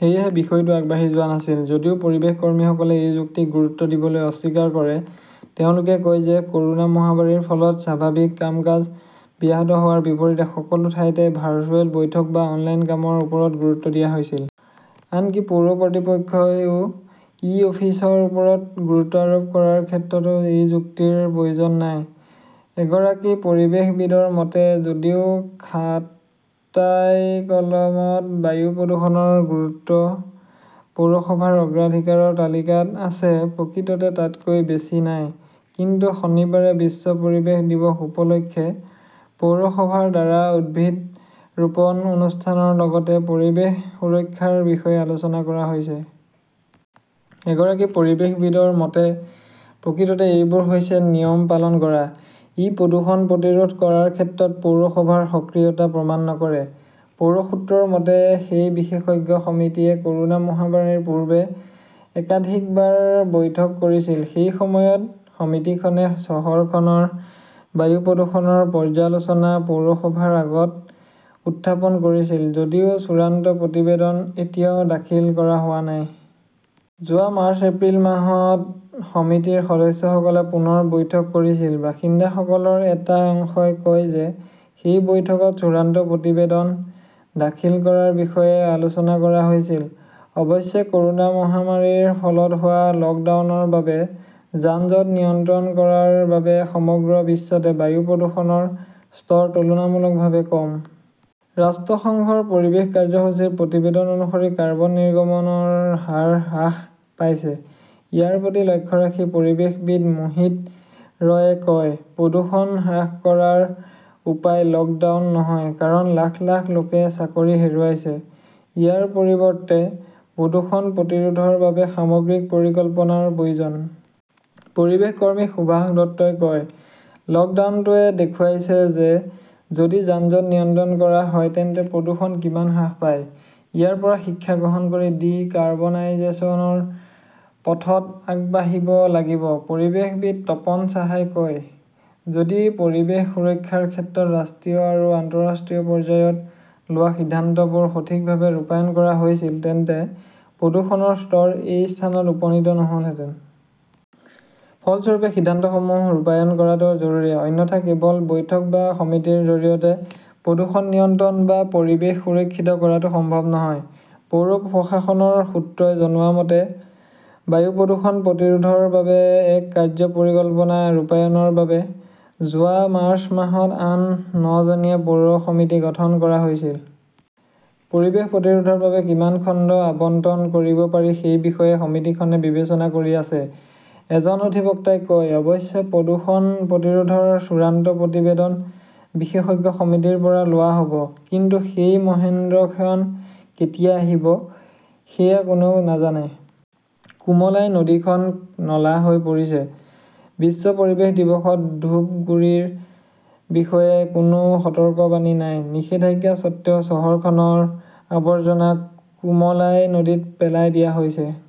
সেয়েহে বিষয়টো আগবাঢ়ি যোৱা নাছিল। যদিও পৰিৱেশ কৰ্মীসকলে এই যুক্তিক গুৰুত্ব দিবলৈ অস্বীকাৰ কৰে। তেওঁলোকে কয় যে ক'ৰোনা মহামাৰীৰ ফলত স্বাভাৱিক কাম-কাজ ব্যাহত হোৱাৰ বিপৰীতে সকলো ঠাইতে ভাৰ্চুৱেল বৈঠক বা অনলাইন কামৰ ওপৰত গুৰুত্ব দিয়া হৈছে। আনকি পৌৰ কৰ্তৃপক্ষইও ই-অফিচৰ ওপৰত গুৰুত্ব আৰোপ কৰাৰ ক্ষেত্ৰতো এই যুক্তিৰ প্ৰয়োজন নাই। এগৰাকী পৰিৱেশবিদৰ মতে, যদিও খাট্টাইকলমত বায়ু প্ৰদূষণৰ গুৰুত্ব পৌৰসভাৰ অগ্ৰাধিকাৰৰ তালিকাত আছে, প্ৰকৃততে তাতকৈ বেছি নাই। কিন্তু শনিবাৰে বিশ্ব পৰিৱেশ দিৱস উপলক্ষে পৌৰসভাৰ দ্বাৰা উদ্ভিদ ৰোপণ অনুষ্ঠানৰ লগতে পৰিৱেশ সুৰক্ষাৰ বিষয়ে আলোচনা কৰা হৈছিল। এগৰাকী পৰিৱেশবিদৰ মতে, প্ৰকৃততে এইবোৰ হৈছে নিয়ম পালন কৰা। ই প্ৰদূষণ প্ৰতিৰোধ কৰাৰ ক্ষেত্ৰত পৌৰসভাৰ সক্ৰিয়তা প্ৰমাণ নকৰে। পৌৰ সূত্ৰৰ মতে, সেই বিশেষজ্ঞ সমিতিয়ে ক'ৰোনা মহামাৰীৰ পূৰ্বে একাধিকবাৰ বৈঠক কৰিছিল। সেই সময়ত সমিতিখনে চহৰখনৰ বায়ু প্ৰদূষণৰ পৰ্যালোচনা পৌৰসভাৰ আগত উত্থাপন কৰিছিল যদিও চূড়ান্ত প্ৰতিবেদন এতিয়াও দাখিল কৰা হোৱা নাই। যোৱা মাৰ্চ-এপ্ৰিল মাহত সমিতিৰ সদস্যসকলে পুনৰ বৈঠক কৰিছিল। বাসিন্দাসকলৰ এটা অংশই কয় যে সেই বৈঠকত চূড়ান্ত প্ৰতিবেদন দাখিল কৰাৰ বিষয়ে আলোচনা কৰা হৈছিল। অৱশ্যে, ক'ৰোনা মহামাৰীৰ ফলত হোৱা লকডাউনৰ বাবে যান-জঁট নিয়ন্ত্ৰণ কৰাৰ বাবে সমগ্ৰ বিশ্বতে বায়ু প্ৰদূষণৰ স্তৰ তুলনামূলকভাৱে কম। ৰাষ্ট্ৰসংঘৰ পৰিৱেশ কাৰ্যসূচীৰ প্ৰতিবেদন অনুসৰি কাৰ্বন নিৰ্গমনৰ হাৰ হ্ৰাস পাইছে। ইয়াৰ প্ৰতি লক্ষ্য ৰাখি পৰিৱেশবিদ মোহিত ৰয়ে কয়, প্ৰদূষণ হ্ৰাস কৰাৰ উপায় লকডাউন নহয়। কাৰণ লাখ লাখ লোকে চাকৰি হেৰুৱাইছে। ইয়াৰ পৰিৱৰ্তে প্ৰদূষণ প্ৰতিৰোধৰ বাবে সামগ্ৰিক পৰিকল্পনাৰ প্ৰয়োজন। পৰিৱেশ কৰ্মী সুভাষ দত্তই কয়, লকডাউনটোৱে দেখুৱাইছে যে যদি যান-জঁট নিয়ন্ত্ৰণ কৰা হয় তেন্তে প্ৰদূষণ কিমান হ্ৰাস পায়। ইয়াৰ পৰা শিক্ষা গ্ৰহণ কৰি ডি-কাৰ্বনাইজেশ্যনৰ পথত আগবাঢ়িব লাগিব। পৰিৱেশবিদ তপন সাহাই কয়, যদি পৰিৱেশ সুৰক্ষাৰ ক্ষেত্ৰত ৰাষ্ট্ৰীয় আৰু আন্তঃৰাষ্ট্ৰীয় পৰ্যায়ত লোৱা সিদ্ধান্তবোৰ সঠিকভাৱে ৰূপায়ণ কৰা হৈছিল তেন্তে প্ৰদূষণৰ স্তৰ এই স্থানত উপনীত নহ'লহেঁতেন। ফলস্বৰূপে সিদ্ধান্তসমূহ ৰূপায়ণ কৰাটো জৰুৰী। অন্যথা কেৱল বৈঠক বা সমিতিৰ জৰিয়তে প্ৰদূষণ নিয়ন্ত্ৰণ বা পৰিৱেশ সুৰক্ষিত কৰাটো সম্ভৱ নহয়! পৌৰ প্ৰশাসনৰ সূত্ৰই জনোৱা মতে, বায়ু প্ৰদূষণ প্ৰতিৰোধৰ বাবে এক কাৰ্য্য পৰিকল্পনা ৰূপায়ণৰ বাবে যোৱা মাৰ্চ মাহত আন নজনীয়া পৌৰ সমিতি গঠন কৰা হৈছিল। পৰিৱেশ প্ৰতিৰোধৰ বাবে কিমান খণ্ড আবণ্টন কৰিব পাৰি সেই বিষয়ে সমিতিখনে বিবেচনা কৰি আছে, এজন অধিবক্তাই কয়। অৱশ্যে, প্ৰদূষণ প্ৰতিৰোধৰ চূড়ান্ত প্ৰতিবেদন বিশেষজ্ঞ সমিতিৰ পৰা লোৱা হ'ব। কিন্তু সেই মহেন্দ্ৰক্ষণ কেতিয়া আহিব সেয়া কোনেও নাজানে। কুমলাই নদী খন নলা হৈ পৰিছে, বিশ্ব পৰিৱেশ দিৱসত ধূপগুড়ীৰ বিষয়ে কোনো সতৰ্কবাণী নাই, নিষেধাজ্ঞা সত্বেও চহৰখনৰ আৱৰ্জনা কুমলাই নদীত পেলাই দিয়া হৈছে।